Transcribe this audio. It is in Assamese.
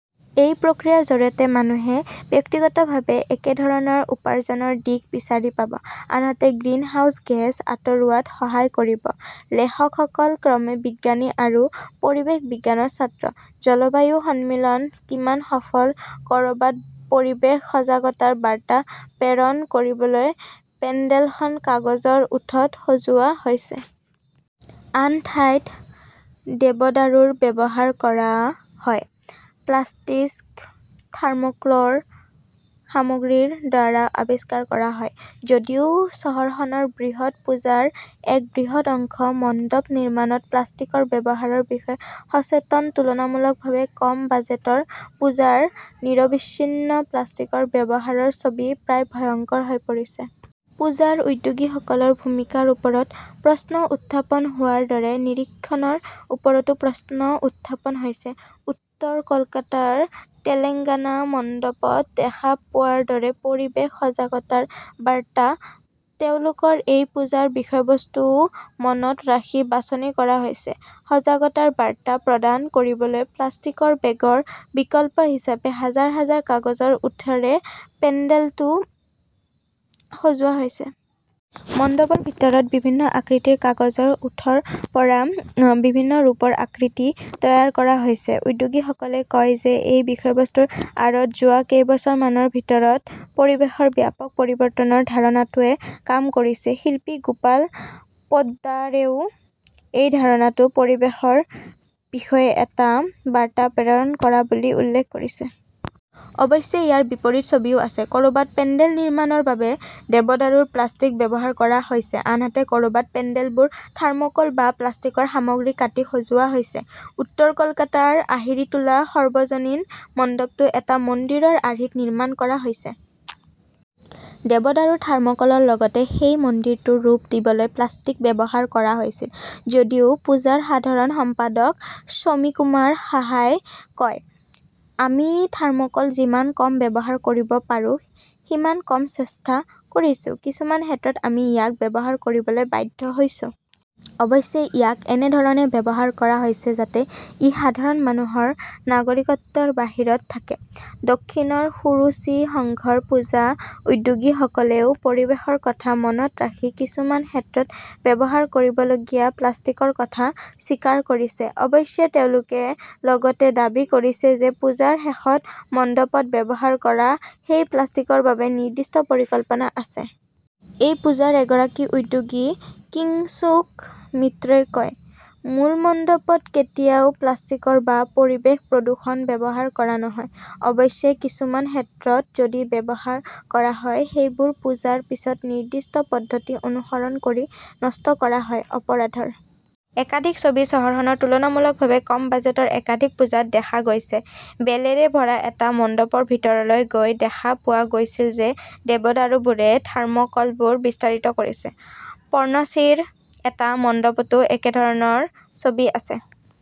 এই প্ৰক্ৰিয়াৰ জৰিয়তে মানুহে ব্যক্তিগতভাৱে একেধৰণৰ উপাৰ্জনৰ দিশ বিচাৰি পাব, আনহাতে গ্ৰীণহাউছ গেছ আঁতৰোৱাত সহায় কৰিব। লেখকসকল ক্ৰমে বিজ্ঞানী আৰু পৰিৱেশ বিজ্ঞানৰ ছাত্ৰ। জলবায়ু সন্মিলন কিমান সফল ক'ৰবাত পৰিৱেশ সজাগতাৰ বাৰ্তা প্ৰেৰণ কৰিবলৈ পেণ্ডেলখন কাগজৰ ওঁঠত সজোৱা হৈছে। আন ঠাইত দেৱদাৰুৰ ব্যৱহাৰ কৰা হয় প্লাষ্টিক্স, থাৰ্মোক্লৰ সামগ্ৰীৰ দ্বাৰা আৱিষ্কাৰ কৰা হয়। যদিও চহৰখনৰ বৃহৎ পূজাৰ এক বৃহৎ অংশ মণ্ডপ নিৰ্মাণত প্লাষ্টিকৰ ব্যৱহাৰৰ বিষয়ে সচেতন, তুলনামূলকভাৱে কম বাজেটৰ পূজাৰ নিৰবিচ্ছিন্ন প্লাষ্টিকৰ ব্যৱহাৰৰ ছবি প্ৰায় ভয়ংকৰ হৈ পৰিছে। পূজাৰ উদ্যোগীসকলৰ ভূমিকাৰ ওপৰত প্ৰশ্ন উত্থাপন হোৱাৰ দৰে নিৰীক্ষণৰ ওপৰতো প্ৰশ্ন উত্থাপন হৈছে। উত্তৰ কলকাতাৰ তেলেংগানা মণ্ডপত দেখা পোৱাৰ দৰে পৰিৱেশ সজাগতাৰ বাৰ্তা। তেওঁলোকৰ এই পূজাৰ বিষয়বস্তুও মনত ৰাখি বাছনি কৰা হৈছে। সজাগতাৰ বাৰ্তা প্ৰদান কৰিবলৈ প্লাষ্টিকৰ বেগৰ বিকল্প হিচাপে হাজাৰ হাজাৰ কাগজৰ ওঁঠৰে পেণ্ডেলটো সজোৱা হৈছে। মণ্ডপৰ ভিতৰত বিভিন্ন আকৃতিৰ কাগজৰ ওঁঠৰ পৰা বিভিন্ন ৰূপৰ আকৃতি তৈয়াৰ কৰা হৈছে। উদ্যোগীসকলে কয় যে এই বিষয়বস্তুৰ আঁৰত যোৱা কেইবছৰমানৰ ভিতৰত পৰিৱেশৰ ব্যাপক পৰিৱৰ্তনৰ ধাৰণাটোৱে কাম কৰিছে। শিল্পী গোপাল পোদ্দাৰেও এই ধাৰণাটো পৰিৱেশৰ বিষয়ে এটা বাৰ্তা প্ৰেৰণ কৰা বুলি উল্লেখ কৰিছে। অৱশ্যে, ইয়াৰ বিপৰীত ছবিও আছে। ক'ৰবাত পেণ্ডেল নিৰ্মাণৰ বাবে দেৱদাৰুৰ প্লাষ্টিক ব্যৱহাৰ কৰা হৈছে, আনহাতে ক'ৰবাত পেণ্ডেলবোৰ থাৰ্মোকোল বা প্লাষ্টিকৰ সামগ্ৰী কাটি সজোৱা হৈছে। উত্তৰ কলকাতাৰ আহিৰিটোলা সৰ্বজনীন মণ্ডপটো এটা মন্দিৰৰ আৰ্হিত নিৰ্মাণ কৰা হৈছে। দেৱদাৰুৰ থাৰ্মোকলৰ লগতে সেই মন্দিৰটোৰ ৰূপ দিবলৈ প্লাষ্টিক ব্যৱহাৰ কৰা হৈছিল। যদিও পূজাৰ সাধাৰণ সম্পাদক শ্বমিকুমাৰ সাহাই কয়, আমি থাৰ্মোকোল যিমান কম ব্যৱহাৰ কৰিব পাৰো সিমান কম চেষ্টা কৰিছো। কিছুমান ক্ষেত্ৰত আমি ইয়াক ব্যৱহাৰ কৰিবলৈ বাধ্য হৈছো। অৱশ্যে, ইয়াক এনে ধৰণে ব্যৱহাৰ কৰা হৈছে যাতে ই সাধাৰণ মানুহৰ নাগৰিকত্বৰ বাহিৰত থাকে। দক্ষিণৰ সুৰুচি সংঘৰ পূজা উদ্যোগীসকলেও পৰিৱেশৰ কথা মনত ৰাখি কিছুমান ক্ষেত্ৰত ব্যৱহাৰ কৰিবলগীয়া প্লাষ্টিকৰ কথা স্বীকাৰ কৰিছে। অৱশ্যে, তেওঁলোকে লগতে দাবী কৰিছে যে পূজাৰ শেষত মণ্ডপত ব্যৱহাৰ কৰা সেই প্লাষ্টিকৰ বাবে নিৰ্দিষ্ট পৰিকল্পনা আছে। এই পূজাৰ এগৰাকী উদ্যোগী কিংছুক মিত্ৰই কয়, মূল মণ্ডপত কেতিয়াও প্লাষ্টিকৰ বা পৰিৱেশ প্ৰদূষক ব্যৱহাৰ কৰা নহয়। অৱশ্যে, কিছুমান ক্ষেত্ৰত যদি ব্যৱহাৰ কৰা হয়, সেইবোৰ পূজাৰ পিছত নিৰ্দিষ্ট পদ্ধতি অনুসৰণ কৰি নষ্ট কৰা হয়। অপৰাধৰ একাধিক ছবি চহৰখনৰ তুলনামূলকভাৱে কম বাজেটৰ একাধিক পূজাত দেখা গৈছে। বেলেৰে ভৰা এটা মণ্ডপৰ ভিতৰলৈ গৈ দেখা পোৱা গৈছিল যে দেৱদাৰুবোৰে থৰ্মোকলবোৰ বিস্তাৰিত কৰিছে। পৰ্ণশ্ৰীৰ এটা মণ্ডপতো একেধৰণৰ ছবি আছে।